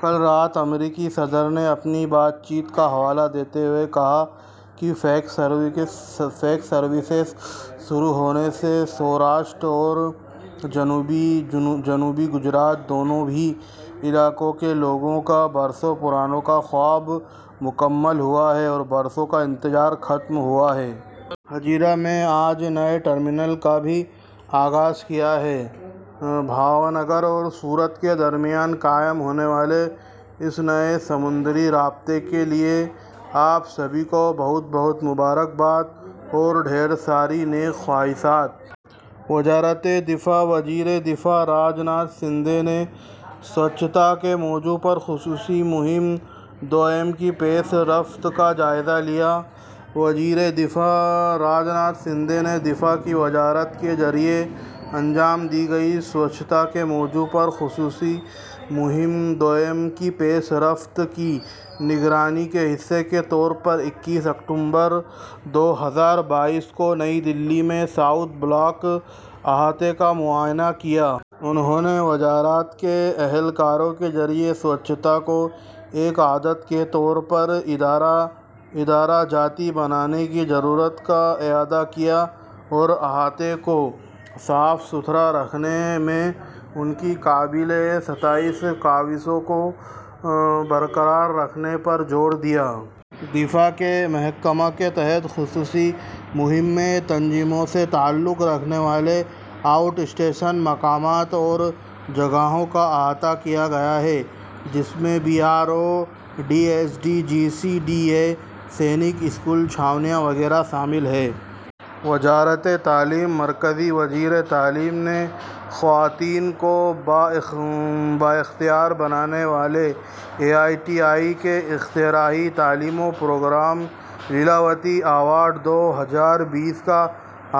کل رات امریکی صدر سے اپنی بات چیت کا حوالہ دیتے ہوئے کہا کہ پیکس سروسز شروع ہونے سے سوراشٹر اور جنوبی گجرات، دونوں ہی علاقوں کے لوگوں کا برسوں پرانا خواب مکمل ہوا ہے اور برسوں کا انتظار ختم ہوا ہے۔ ہزیرا میں آج نئے ٹرمینل کا بھی آغاز کیا گیا ہے۔ بھاؤنگر اور سورت کے درمیان قائم ہونے والے اس نئے سمندری رابطے کے لیے آپ سبھی کو بہت بہت مبارکباد اور ڈھیر ساری نیک خواہشات! وزارتِ دفاع وزیرِ دفاع راج ناتھ سنگھ نے سوچھتا کے موضوع پر خصوصی مہم دوئم کی پیش رفت کا جائزہ لیا وزیرِ دفاع راج ناتھ سنگھ نے دفاع کی وزارت کے ذریعے انجام دی گئی سوچھتا کے موضوع پر خصوصی مہم دوئم کی پیش رفت کی نگرانی کے حصے کے طور پر اکتیس اکتوبر دو ہزار بائیس کو نئی دہلی میں ساؤتھ بلاک احاطے کا معائنہ کیا۔ انہوں نے وزارت کے اہلکاروں کے ذریعے سوچھتا کو ایک عادت کے طور پر ادارہ جاتی بنانے کی ضرورت کا اعادہ کیا اور احاطے کو صاف ستھرا رکھنے میں ان کی قابلِ ستائش کاوشوں کو برقرار رکھنے پر زور دیا۔ دفاع کے محکمہ کے تحت خصوصی مہم میں تنظیموں سے تعلق رکھنے والے آؤٹ اسٹیشن مقامات اور جگہوں کا احاطہ کیا گیا ہے، جس میں B R O, C S D, C G D A, Sainik school, چھاؤنیاں وغیرہ شامل ہیں۔ وزارتِ تعلیم مرکزی وزیر تعلیم نے خواتین کو بااختیار بنانے والے اے آئی سی ٹی ای کے اختراعی تعلیمی پروگرام لیلاوتی ایوارڈ دو ہزار بیس کا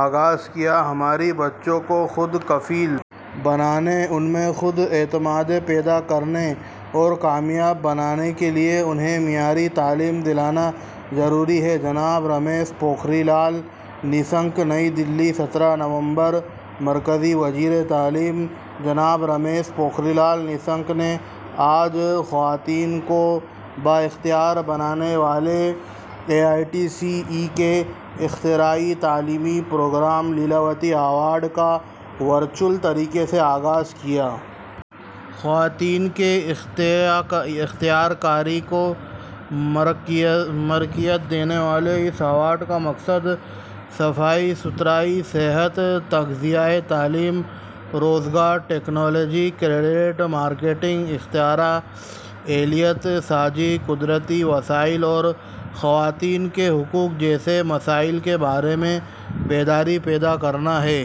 آغاز کیا ہماری بچیوں کو خود کفیل بنانے، ان میں خود اعتمادی پیدا کرنے اور کامیاب بنانے کے لیے انہیں معیاری تعلیم دلانا ضروری ہے: جناب رمیش پوکھریال ’نشنک‘ نئی دہلی، سترہ نومبر: مرکزی وزیر تعلیم جناب رمیش پوکھریال ’نشنک‘ نے آج خواتین کو بااختیار بنانے والے اے آئی سی ٹی ای کے اختراعی تعلیمی پروگرام لیلاوتی ایوارڈ کا ورچوئل طریقے سے آغاز کیا۔ خواتین کی اختیارکاری کو مرکزیت دینے والے اس ایوارڈ کا مقصد صفائی ستھرائی، صحت، تغذیہ، تعلیم، روزگار، ٹیکنالوجی، کریڈٹ، مارکیٹنگ، اختراع، اہلیت سازی، قدرتی وسائل اور خواتین کے حقوق جیسے مسائل کے بارے میں بیداری پیدا کرنا ہے۔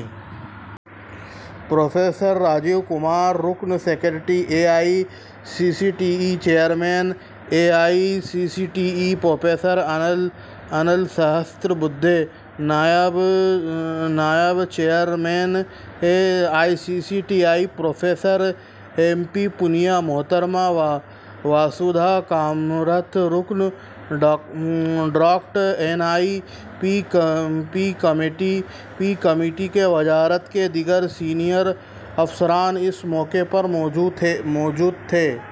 پروفیسر راجیو کمار، رکن secretary, A I C T E; chairman, A I C T E professor Anil Sahasrabudhe; نائب chairman, A I C T E, professor M P Poonia; محترمہ واسودھا کمتھ، رکن، draft N E P committee اور وزارت کے دیگر سینئر افسران اس موقع پر موجود تھے۔